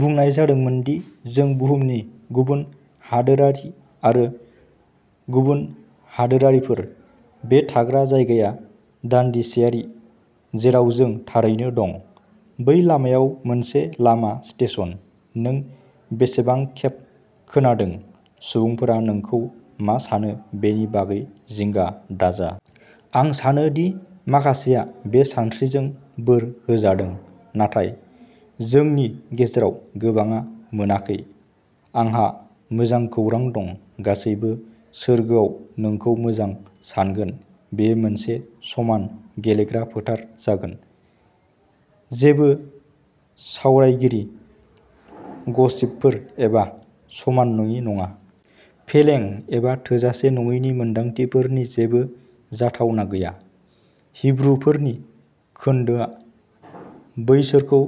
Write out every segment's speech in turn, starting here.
बुंनाय जादोंमोन दि जों बुहुमनि गुबुन हादोरारि आरो गुबुन हादोरारिफोर। बे थाग्रा जायगाया दानदिसेयारि जेराव जों थारैनो दं। बै लामायाव मोनसे लामा स्टेशन। नों बेसेबां खेब खोनादों। सुबुंफोरा नोंखौ मा सानो बेनि बागै जिंगा दाजा? आं सानो दि माखासेआ बे सानस्रिजों बोर होजादों। नाथाय जोंनि गेजेराव गोबांआ मोनाखै। आंहा मोजां खौरां दं। गासैबो सोरगोआव नोंखौ मोजां सानगोन। बेयो मोनसे समान गेलेग्रा फोथार जागोन। जेबो सावरायगिरि, गसिपफोर एबा समान नङि नङा। फेलें एबा थोजासे नङैनि मोनदांथिफोरनि जेबो जाथावना गैया। हिब्रुफोरनि खोनदोआ बैसोरखौ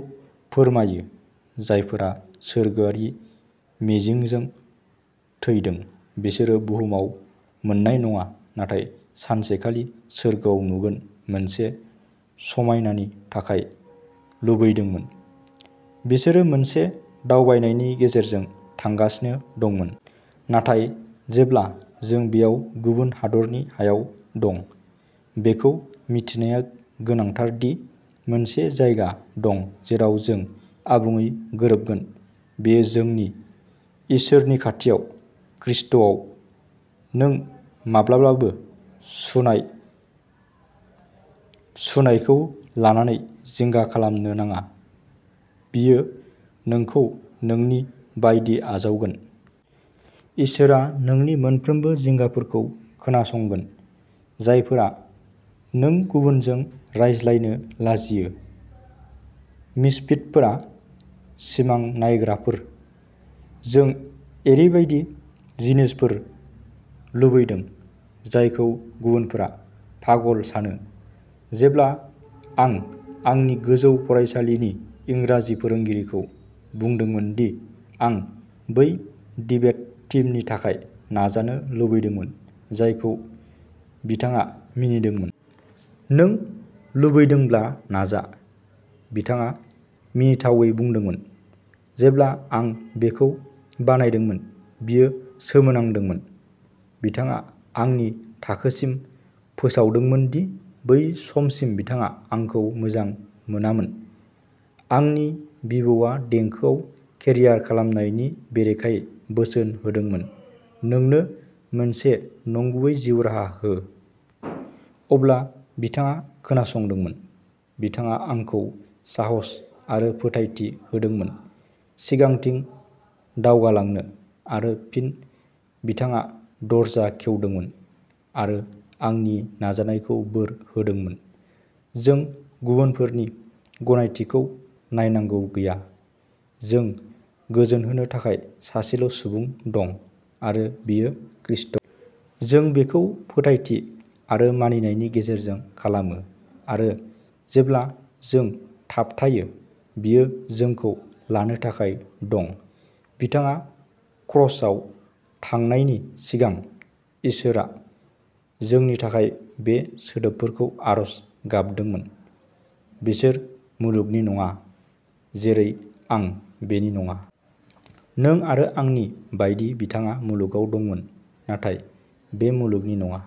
फोरमायो जायफोरा सोरगोआरि मिजिंजों थैदों। बिसोरो बुहुमाव मोननाय नङा नाथाय सानसेखालि सोरगोआव नुगोन मोनसे समायनानि थाखाय लुबैदोंमोन। बिसोरो मोनसे दावबायनायनि गेजेरजों थांगासिनो दंमोन। नाथाय जेब्ला जों बेयाव गुबुन हादोरनि हायाव दं। बेखौ मिथिनाया गोनांथार दि मोनसे जायगा दं जेराव जों आबुङै गोरोबगोन। बेयो जोंनि इसोरनि खाथियाव। खृष्टआव नों माब्लाबाबो सुनाय-सुनायखौ लानानै जिंगा खालामनो नाङा। बियो नोंखौ नोंनि बायदि आजावगोन। इसोरआ नोंनि मोनफ्रोमबो जिंगाफोरखौ खोनासंगोन। जायफोरा नों गुबुनजों रानलायनो लाजियो। मिसफिटफोरा सिमां नायग्राफोर। जों एरैबायदि जिनिसफोर लुबैदों जायखौ गुबुनफोरा पागल सानो। जेब्ला आं आंनि गोजौ फरायसालिनि इंराजि फोरोंगिरिखौ बुंदोंमोन दि आं बै डिबेट टीमनि थाखाय नाजानो लुबैदोंमोन जायखौ बिथाङा मिनिदोंमोन। नों लुबैदोंब्ला नाजा। बिथाङा मिनिथावै बुंदोंमोन। जेब्ला आं बेखौ बानायदोंमोन। बियो सोमोनांदोंमोन। बिथाङा आंनि थाखोसिम फोसावदोंमोन दि बै समसिम बिथाङा आंखौ मोजां मोनामोन। आंनि बिबौआ देंखोआव केरियार खालामनायनि बेरेखायै बोसोन होदोंमोन। नोंनो मोनसे नंगुबै जिउ राहा हो। अब्ला बिथाङा खोनासंदोंमोन। बिथाङा आंखौ साहस आरो फोथायथि होदोंमोन सिगांथिं दावगालांनो। आरो फिन बिथाङा दरजा खेवदोंमोन आरो आंनि नाजानायखौ बोर होदोंमोन। जों गुबुनफोरनि गनायथिखौ नायनांगौ गैया। जों गोजोनहोनो थाखाय सासेल' सुबुं दं। आरो बियो खृष्ट। जों बेखौ फोथायथि आरो मानिनायनि गेजेरजों खालामो। आरो जेब्ला जों थाबथायो बियो जोंखौ लानो थाखाय दं। बिथाङा क्रसआव थांनायनि सिगां इसोरआ जोंनि थाखाय बे सोदोबफोरखौ आरज गाबदोंमोन। बिसोर मुलुगनि नङा। जेरै आं बेनि नङा। नों आरो आंनि बायदि बिथाङा मुलुगाव दंमोन नाथाय बे मुलुगनि नङा।